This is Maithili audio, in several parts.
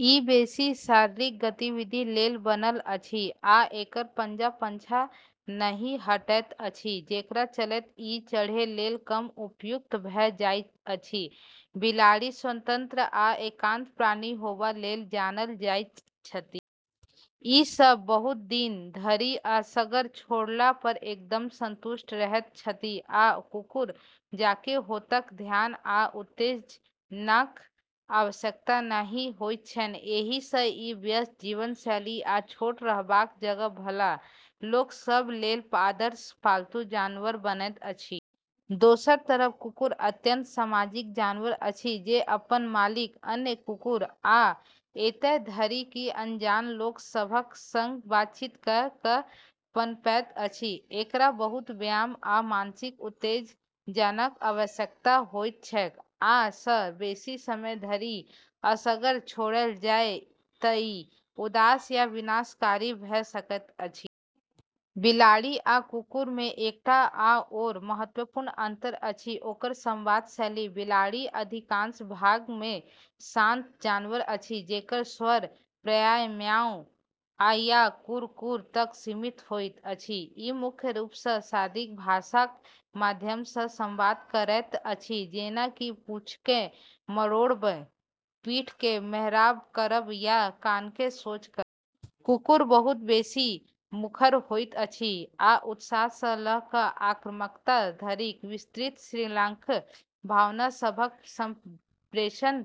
ई बेसी शारीरिक गतिविधि लेल बनल अछि, आ एकर पंजा पाछाँ नहि हटैत अछि, जेकरा चलैत ई चढ़ै लेल कम उपयुक्त भऽ जाइत अछि। बिलाड़ि स्वतंत्र आ एकांत प्राणी होबा लेल जानल जाइत छथि। ई सभ बहुत दिन धरि असगर छोड़ला पर एकदम संतुष्ट रहैत छथि आ कुकुर जकाँ ओतेक ध्यान आ उत्तेजनाक आवश्यकता नहि होइत छैन। एहि सँ ई व्यस्त जीवनशैली या छोट रहबाक जगह बला लोक सभ लेल आदर्श पालतू जानवर बनैत अछि। दोसर तरफ कुकुर अत्यंत सामाजिक जानवर अछि जे अपन मालिक, अन्य कुकुर, आ एतय धरि कि अनजान लोक सभक संग बातचीत कऽ कऽ पनपैत अछि। एकरा बहुत व्यायाम आ मानसिक उत्तेजनाक आवश्यकता होइत छैक, आ जँ बेसी समय धरि असगर छोड़ल जाए तँ ई उदास या विनाशकारी भऽ सकैत अछि। बिलाड़ि आ कुकुर मे एकटा आओर महत्वपूर्ण अंतर अछि ओकर संवाद शैली। बिलाड़ि, अधिकांश भाग मे, शांत जानवर अछि, जेकर स्वर प्रायः म्याऊ या घुरघुर तक सीमित होइत अछि। ई मुख्य रूप सँ शरीरक भाषाक माध्यम सँ संवाद करैत अछि, जेना कि पूँछकेँ मरोड़ब, पीठकेँ मेहराब करब या कानकेँ सोझ करब। कुकुर बहुत बेसी मुखर होइत अछि आ उत्साह सँ लऽ कऽ आक्रामकता धरिक विस्तृत श्रृंखलाक भावना सभक संप्रेषण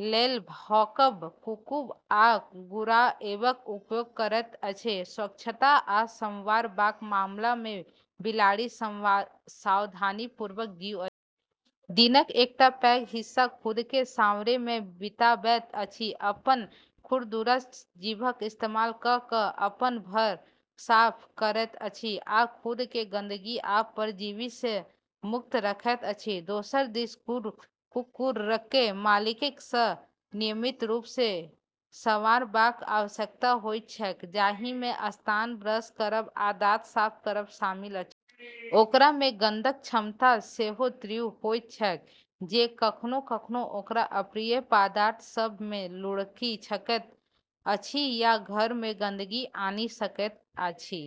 लेल भौंकब, कूँकब आ गुर्राएबक उपयोग करैत अछि। स्वच्छता आ संवारबाक मामला मे बिलाड़ि सावधानीपूर्वक जीव अछि। दिनक एकटा पैघ हिस्सा खुदकेँ संवारै मे बिताबैत अछि, अपन खुरदुरा जीभक इस्तेमाल कऽ कऽ अपन फर साफ करैत अछि आ खुदकेँ गंदगी आ परजीवी सँ मुक्त रखैत अछि। दोसर दिस कुकुरकेँ मालिकक सँ नियमित रूप सँ संवारबाक आवश्यकता होइत छैक, जाही मे स्नान, ब्रश करब, आ दाँत साफ करब शामिल अछि। ओकरा मे गंधक क्षमता सेहो तीव्र होइत छैक, जे कखनो-कखनो ओकरा अप्रिय पदार्थ सभ मे लुढ़कि सकैत अछि या घर मे गंदगी आनि सकैत अछि।